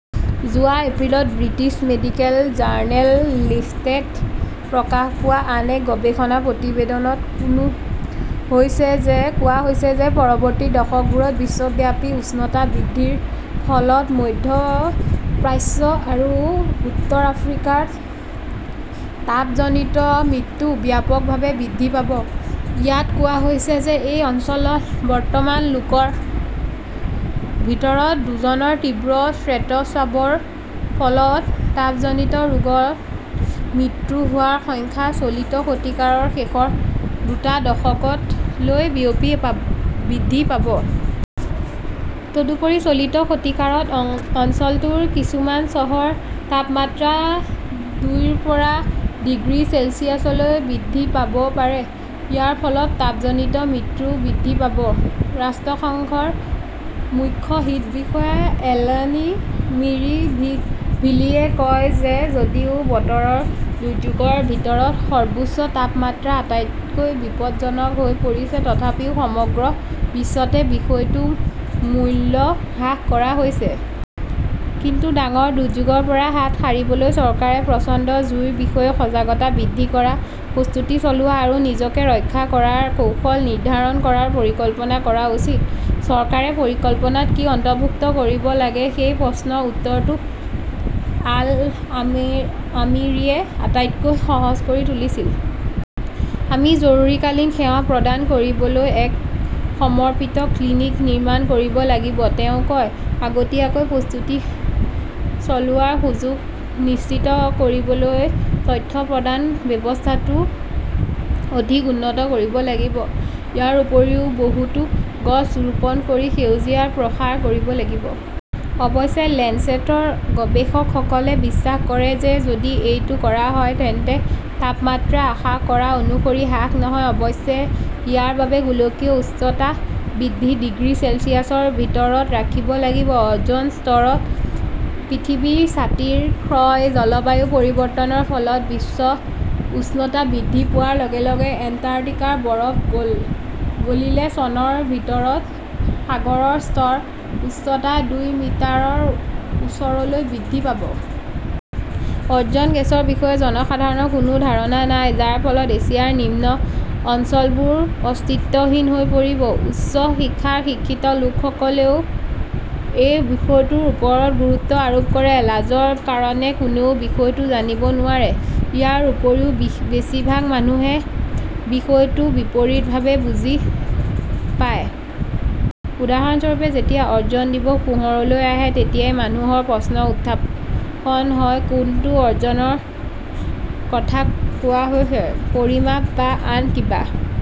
যোৱা এপ্ৰিলত British medical journal লেঞ্চেটত প্ৰকাশ পোৱা আন এটা গৱেষণা প্ৰতিবেদনত কোৱা হৈছে যে পৰৱৰ্তী দশকবোৰত বিশ্বব্যাপী উষ্ণতা বৃদ্ধিৰ ফলত মধ্য প্ৰাচ্য আৰু উত্তৰ আফ্ৰিকাত তাপজনিত মৃত্যু ব্যাপকভাৱে বৃদ্ধি পাব। ইয়াত কোৱা হৈছে যে এই অঞ্চলত বৰ্তমান লোকৰ ভিতৰত দুজনৰ তীব্ৰ শ্বেতস্ৰাৱৰ ফলত তাপজনিত ৰোগত মৃত্যু হোৱাৰ সংখ্যা চলিত শতিকাৰ শেষৰ দুটা দশকত লৈ বৃদ্ধি পাব। তদুপৰি, চলিত শতিকাত অঞ্চলটোৰ কিছুমান চহৰৰ তাপমাত্ৰা দুইৰ পৰা ডিগ্ৰী চেলছিয়াছলৈ বৃদ্ধি পাব পাৰে। ইয়াৰ ফলত তাপজনিত মৃত্যুও বৃদ্ধি পাব। ৰাষ্ট্ৰসংঘৰ মুখ্য হিট বিষয়া এলেনি মিৰিভিলিয়ে কয় যে যদিও বতৰৰ দুৰ্যোগৰ ভিতৰত সৰ্বোচ্চ তাপমাত্ৰা আটাইতকৈ বিপদজনক হৈ পৰিছে, তথাপিও সমগ্ৰ বিশ্বতে বিষয়টোৰ মূল্য হ্ৰাস কৰা হৈছে। কিন্তু ডাঙৰ দুৰ্যোগৰ পৰা হাত সাৰিবলৈ চৰকাৰে প্ৰচণ্ড জুইৰ বিষয়ে সজাগতা বৃদ্ধি কৰা, প্ৰস্তুতি চলোৱা আৰু নিজকে ৰক্ষা কৰাৰ কৌশল নিৰ্ধাৰণ কৰাৰ পৰিকল্পনা কৰা উচিত। চৰকাৰে পৰিকল্পনাত কি অন্তৰ্ভুক্ত কৰিব লাগে সেই প্ৰশ্নৰ উত্তৰটো আল-আমিৰীয়ে আটাইতকৈ সহজ কৰি তুলিছিল। "আমি জৰুৰীকালীন সেৱা প্ৰদান কৰিবলৈ এক সমৰ্পিত ক্লিনিক নিৰ্মাণ কৰিব লাগিব", তেওঁ কয়। আগতীয়াকৈ প্ৰস্তুতি চলোৱাৰ সুযোগ নিশ্চিত কৰিবলৈ তথ্য প্ৰদান ব্যৱস্থাটো অধিক উন্নত কৰিব লাগিব। ইয়াৰ উপৰিও, বহুতো গছ ৰোপণ কৰি সেউজীয়াৰ প্ৰসাৰ কৰিব লাগিব। অৱশ্যে, লেঞ্চেটৰ গৱেষকসকলে বিশ্বাস কৰে যে যদি এইটো কৰা হয় তেন্তে তাপমাত্ৰা আশা কৰা অনুসৰি হ্ৰাস নহয়। অৱশ্যে, ইয়াৰ বাবে গোলকীয় উষ্ণতা বৃদ্ধি ডিগ্ৰী চেলছিয়াছৰ ভিতৰত ৰাখিব লাগিব। অ 'জন স্তৰত পৃথিৱীৰ ছাতিৰ ক্ষয় জলবায়ু পৰিৱৰ্তনৰ ফলত বিশ্ব উষ্ণতা বৃদ্ধি পোৱাৰ লগে লগে এণ্টাৰ্কটিকাৰ বৰফ গলিলে চনৰ ভিতৰত সাগৰৰ স্তৰৰ উচ্চতা দুই মিটাৰৰ ওচৰলৈ বৃদ্ধি পাব। অ 'জন গেছৰ বিষয়ে জনসাধাৰণৰ কোনো ধাৰণা নাই, যাৰ ফলত এছিয়াৰ নিম্ন অঞ্চলবোৰ অস্তিত্বহীন হৈ পৰিব। উচ্চ শিক্ষাত শিক্ষিত লোকসকলেও এই বিষয়টোৰ ওপৰত গুৰুত্ব আৰোপ কৰে। লাজৰ কাৰণে কোনেও বিষয়টো জানিব নোৱাৰে। ইয়াৰ উপৰিও বেছিভাগ মানুহে বিষয়টো বিপৰীতভাৱে বুজি পায়। উদাহৰণস্বৰূপে, যেতিয়া 'অ'জন দিৱস" পোহৰলৈ আহে, তেতিয়া মানুহৰ মনত প্ৰশ্ন উত্থাপন হয়, কোনটো ধৰণৰ অ'জনৰ কথা কোৱা হৈছে? পৰিমাপ বা আন কিবা!